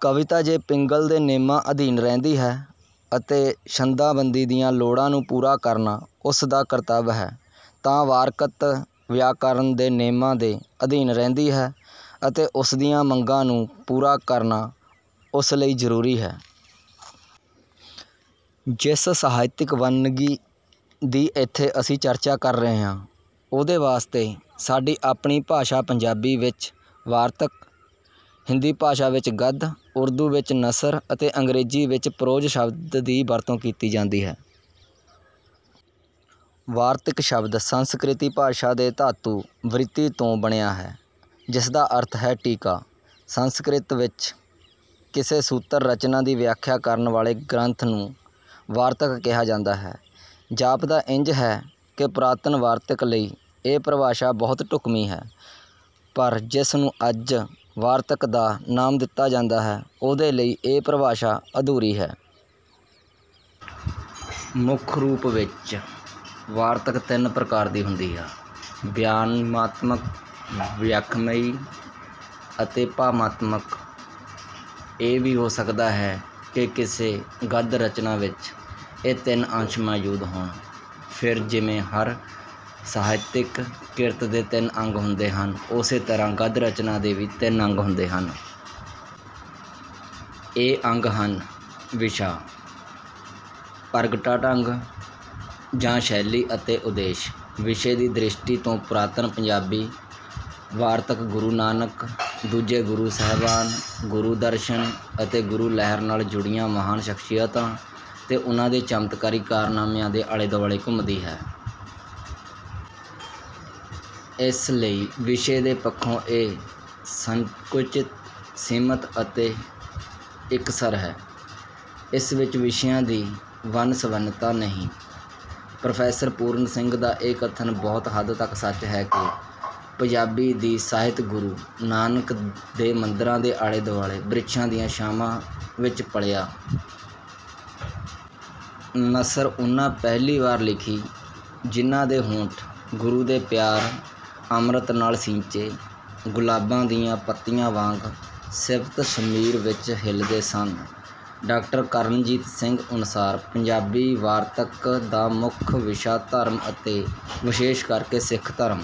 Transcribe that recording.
ਕਵਿਤਾ ਜੇ ਪਿੰਗਲ ਦੇ ਨੇਮਾਂ ਅਧੀਨ ਰਹਿੰਦੀ ਹੈ ਅਤੇ ਛੰਦਾਬੰਦੀ ਦੀਆਂ ਲੋੜਾਂ ਨੂੰ ਪੂਰਾ ਕਰਨਾ ਉਸ ਦਾ ਕਰਤੱਵ ਹੈ ਤਾਂ ਵਾਰਤਕ ਵਿਆਕਰਨ ਦੇ ਨੇਮਾਂ ਦੇ ਅਧੀਨ ਰਹਿੰਦੀ ਹੈ ਅਤੇ ਉਸ ਦੀਆਂ ਮੰਗਾਂ ਨੂੰ ਪੂਰਾ ਕਰਨਾ ਉਸ ਲਈ ਜ਼ਰੂਰੀ ਹੈ। ਜਿਸ ਸਾਹਿਤਕ ਵੰਨਗੀ ਦੀ ਇੱਥੇ ਅਸੀਂ ਚਰਚਾ ਕਰ ਰਹੇ ਹਾਂ, ਉਹਦੇ ਵਾਸਤੇ ਸਾਡੀ ਆਪਣੀ ਭਾਸ਼ਾ ਪੰਜਾਬੀ ਵਿੱਚ ‘ਵਾਰਤਕ’, ਹਿੰਦੀ ਭਾਸ਼ਾ ਵਿੱਚ ‘ਗੱਦ’, ਉਰਦੂ ਵਿੱਚ ‘ਨਸਰ’ ਅਤੇ ਅੰਗਰੇਜ਼ੀ ਵਿੱਚ ‘ਪ੍ਰੋਜ਼’ ਸ਼ਬਦ ਦੀ ਵਰਤੋਂ ਕੀਤੀ ਜਾਂਦੀ ਹੈ। ‘ਵਾਰਤਕ’ ਸ਼ਬਦ ਸੰਸਕ੍ਰਿਤ ਭਾਸ਼ਾ ਦੇ ਧਾਤੂ ‘ਵ੍ਰਿਤਿ’ ਤੋਂ ਬਣਿਆ ਹੈ, ਜਿਸ ਦਾ ਅਰਥ ਹੈ ‘ਟੀਕਾ’। ਸੰਸਕ੍ਰਿਤ ਵਿੱਚ ਕਿਸੇ ਸੂਤਰ-ਰਚਨਾ ਦੀ ਵਿਆਖਿਆ ਕਰਨ ਵਾਲੇ ਗ੍ਰੰਥ ਨੂੰ ‘ਵਾਰਤਕ’ ਕਿਹਾ ਜਾਂਦਾ ਹੈ। ਜਾਪਦਾ ਇੰਜ ਹੈ ਕਿ ਪੁਰਾਤਨ ਵਾਰਤਕ ਲਈ ਇਹ ਪਰਿਭਾਸ਼ਾ ਬਹੁਤ ਢੁਕਵੀਂ ਹੈ, ਪਰ ਜਿਸ ਨੂੰ ਅੱਜ ਵਾਰਤਕ ਦਾ ਨਾਮ ਦਿੱਤਾ ਜਾਂਦਾ ਹੈ, ਉਹਦੇ ਲਈ ਇਹ ਪਰਿਭਾਸ਼ਾ ਅਧੂਰੀ ਹੈ। ਮੁੱਖ ਰੂਪ ਵਿੱਚ ਵਾਰਤਕ ਤਿੰਨ ਪ੍ਰਕਾਰ ਦੀ ਹੁੰਦੀ ਹੈ—ਬਿਆਨਾਤਮਕ, ਵਿਆਖਿਆਮਈ ਅਤੇ ਭਾਵਾਤਮਕ। ਇਹ ਵੀ ਹੋ ਸਕਦਾ ਹੈ ਕਿ ਕਿਸੇ ਗੱਦ-ਰਚਨਾ ਵਿੱਚ ਇਹ ਤਿੰਨੇ ਅੰਸ਼ ਮੌਜੂਦ ਹੋਣ। ਫਿਰ, ਜਿਵੇਂ ਹਰ ਸਾਹਿਤਕ ਕਿਰਤ ਦੇ ਤਿੰਨ ਅੰਗ ਹੁੰਦੇ ਹਨ, ਉਸੇ ਤਰ੍ਹਾਂ ਗੱਦ-ਰਚਨਾ ਦੇ ਵੀ ਤਿੰਨ ਅੰਗ ਹੁੰਦੇ ਹਨ। ਇਹ ਅੰਗ ਹਨ—ਵਿਸ਼ਾ, ਪ੍ਰਗਟਾ-ਢੰਗ ਜਾਂ ਸ਼ੈਲੀ ਅਤੇ ਉਦੇਸ਼। ਵਿਸ਼ੇ ਦੀ ਦ੍ਰਿਸ਼ਟੀ ਤੋਂ ਪੁਰਾਤਨ ਪੰਜਾਬੀ ਵਾਰਤਕ ਗੁਰੂ ਨਾਨਕ, ਦੂਜੇ ਗੁਰੂ ਸਾਹਿਬਾਨ, ਗੁਰੂ-ਦਰਸ਼ਨ ਅਤੇ ਗੁਰੂ ਲਹਿਰ ਨਾਲ ਜੁੜੀਆਂ ਮਹਾਨ ਸ਼ਖ਼ਸੀਅਤਾਂ ਤੇ ਉਨ੍ਹਾਂ ਦੇ ਚਮਤਕਾਰੀ ਕਾਰਨਾਮਿਆਂ ਦੇ ਆਲੇ-ਦੁਆਲੇ ਘੁੰਮਦੀ ਹੈ। ਇਸ ਲਈ ਵਿਸ਼ੇ ਦੇ ਪੱਖੋਂ ਇਹ ਸੰਕੁਚਿਤ, ਸੀਮਤ ਅਤੇ ਇਕਰਸ ਹੈ। ਇਸ ਵਿੱਚ ਵਿਸ਼ਿਆਂ ਦੀ ਵੰਨ-ਸੁਵੰਨਤਾ ਨਹੀਂ। ਪ੍ਰੋਫ਼ੈਸਰ ਪੂਰਨ ਸਿੰਘ ਦਾ ਇਹ ਕਥਨ ਬਹੁਤ ਹੱਦ ਤੱਕ ਸੱਚ ਹੈ ਕਿ “ਪੰਜਾਬੀ ਦਾ ਸਾਹਿਤ ਗੁਰੂ ਨਾਨਕ ਦੇ ਮੰਦਰਾਂ ਦੇ ਆਲੇ-ਦੁਆਲੇ ਬ੍ਰਿੱਛਾਂ ਦੀਆਂ ਛਾਵਾਂ ਵਿੱਚ ਪਲਿਆ। ਨਸਰ ਉਹਨਾਂ ਪਹਿਲੀ ਵਾਰ ਲਿਖੀ, ਜਿਨ੍ਹਾਂ ਦੇ ਹੋਂਠ ਗੁਰੂ ਦੇ ਪਿਆਰ-ਅੰਮ੍ਰਿਤ ਨਾਲ ਸਿੰਚੇ, ਗੁਲਾਬਾਂ ਦੀਆਂ ਪੱਤੀਆਂ ਵਾਂਗ ਸਿਫ਼ਤ-ਸ਼ਮੀਰ ਵਿੱਚ ਹਿਲਦੇ ਸਨ। ”ਡਾਕਟਰ ਕਰਨਜੀਤ ਸਿੰਘ ਅਨੁਸਾਰ, ਪੰਜਾਬੀ ਵਾਰਤਕ ਦਾ ਮੁੱਖ ਵਿਸ਼ਾ ਧਰਮ ਅਤੇ ਵਿਸ਼ੇਸ਼ ਕਰਕੇ ਸਿੱਖ ਧਰਮ...